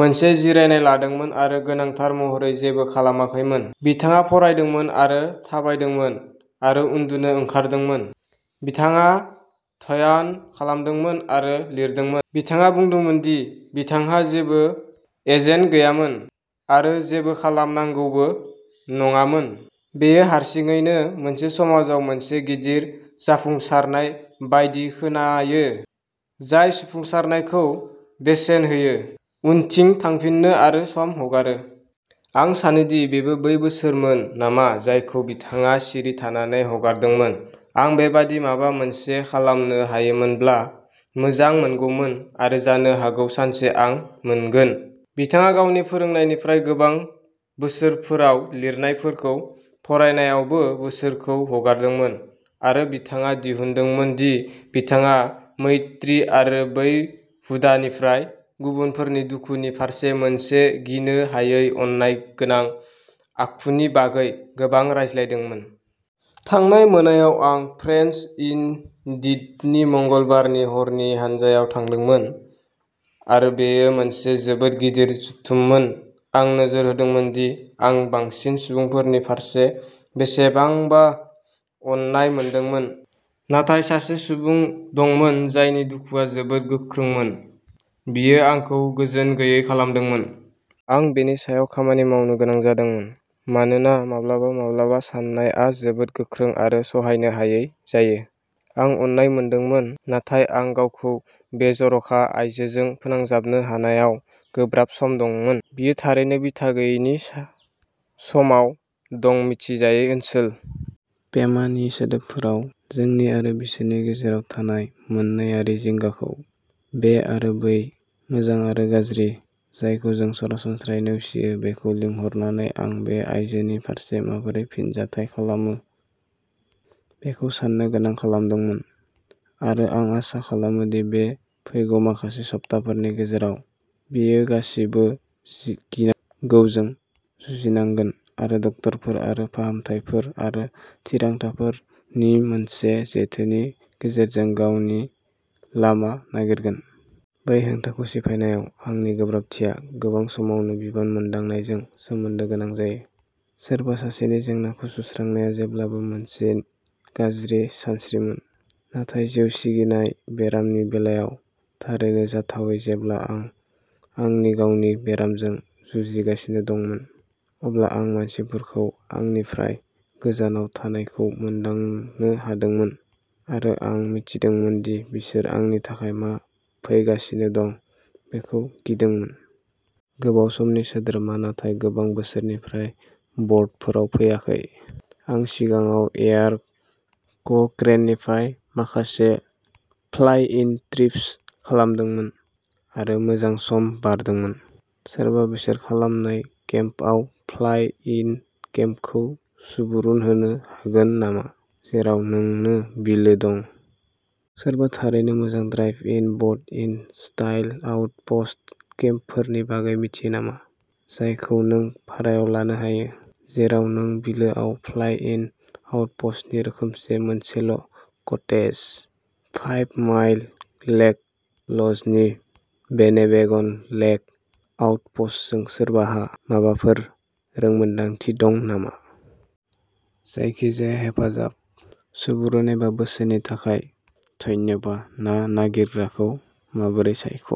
मोनसे जिरायनाय लादोंमोन आरो गोनांथार महरै जेबो खालामाखैमोन। बिथाङा फरायदोंमोन आरो थाबायदोंमोन आरो उन्दुनो ओंखारदोंमोन। बिथाङा ध्यान खालामदोंमोन आरो लिरदोंमोन। बिथाङा बुंदोंमोन दि बिथांहा जेबो एजेन्ड गैयामोन, आरो जेबो खालामनांगौबो नङामोन। बेयो हारसिङैनो मोनसे समाजाव मोनसे गिदिर जाफुंसारनाय बायदि खोनायो, जाय जाफुंसारनायखौ बेसेन होयो, उनथिं थांफिनो आरो सम हगारो। आं सानो दि बेबो बै बोसोरमोन नामा जायखौ बिथाङा सिरि थानानै हगारदोंमोन। आं बेबादि माबा मोनसे खालामनो हायोमोनब्ला मोजां मोनगौमोन आरो जानो हागौ सानसे आं मोनगोन। बिथाङा गावनि फोरोंनायनिफ्राय गोबां बोसोरफोराव लिरनायफोरखौ फरायनायावबो बोसोरखौ हगारदोंमोन आरो बिथाङा दिहुनदोंमोन दि बिथाङा मैत्री आरो बै हुदानिफ्राय, गुबुनफोरनि दुखुनि फारसे मोनसे गिनो हायै अननायगोनां आखुनि बागै गोबां रायज्लायदोंमोन। थांनाय मोनायाव आं फ्रेंड्स इन डीडनि मंगलबारनि हरनि हानजायाव थांदोंमोन आरो बेयो मोनसे जोबोद गिदिर जथुममोन आं नोजोर होदोंमोन दि आं बांसिन सुबुंफोरनि फारसे बेसेबांबा अननाय मोनदोंमोन, नाथाय सासे सुबुं दंमोन जायनि दुखुआ जोबोद गोख्रोंमोन, बियो आंखौ गोजोन गैयै खालामदोंमोन। आं बेनि सायाव खामानि मावनो गोनां जादोंमोन, मानोना माब्लाबा माब्लाबा सानायआ जोबोद गोख्रों आरो सहायनो हायै जायो। आं अननाय मोनदोंमोन, नाथाय आं गावखौ बे जर'खा आयजोजों फोनांजाबनो हानायाव गोब्राब सम दंमोन। बियो थारैनो बिथा गैयै नि समाव दं-मिथिजायै ओनसोल। पेमानि सोदोबफोराव, जोंनि आरो बिसोरनि गेजेराव थानाय मोन्नैआरि जिंगाखौ, बे आरो बै, मोजां आरो गाज्रि, जायखौ जों सरासनस्रायै नेवसियो बेखौ लिंहरनानै आं बे आइजोनि फारसे माबोरै फिनजाथाय खालामो बेखौ साननो गोनां खालामदोंमोन। आरो आं आसा खालामो दि बे फैगौ माखासे सप्ताफोरनि गेजेराव, बियो गासिबो गिनांगौजों जुजिनांगोन आरो डाक्टारफोर आरो फाहामथायफोर आरो थिरांथाफोरनि मोनसे जेथोनि गेजेरजों गावनि लामा नागिरगोन। बै हेंथाखौ सिफायनायाव आंनि गोब्राबथिया गोबां समावनो बिबान मोनदांनायजों सोमोन्दो गोनां जायो। सोरबा सासेनि जेंनाखौ सुस्रांनाया जेब्लाबो मोनसे गाज्रि सानस्रिमोन, नाथाय जिउ सिगिनाय बेरामनि बेलायाव थारैनो जाथावै जेब्ला आं आंनि गावनि बेरामजों जुजिगासिनो दंमोन, अब्ला आं मानसिफोरखौ आंनिफ्राय गोजानाव थानायखौ मोनदांनो हादोंमोन, आरो आं मिथिदोंमोन दि बिसोर आंनि थाखाय मा फैगासिनो दं बेखौ गिदोंमोन। गोबाव समनि सोद्रोमा नाथाय गोबां बोसोरनिफ्राय बर्डफोराव फैयाखै। आं सिगाङाव एयार क'क्रेननिफ्राय माखासे फ्लाइ-इन ट्रिप्स खालामदोंमोन आरो मोजां सम बारदोंमोन। सोरबा बिसोर खालामनाय केम्पआव फ्लाइ इन केम्पखौ सुबुरुन होनो हागोन नामा, जेराव नोंनो बिलो दं? सोरबा थारैनो मोजां drive in boat in style outpost केम्पफोरनि बागै मिथियो नामा, जायखौ नों भारायाव लानो हायो, जेराव नों बिलोआव फ्लाइ इन आउटप'स्टनि रोखोमसे मोनसेल' कटेज? फाइभ माइल लेक ल'जनि वेनेबेगन लेक आउटप'स्टजों सोरबाहा माबाफोर रोंमोनदांथि दं नामा? जायखिजाया हेफाजाब, सुबुरुन एबा बोसोननि थाखाय धन्यबा ना नागिरग्राखौ माबोरै सायख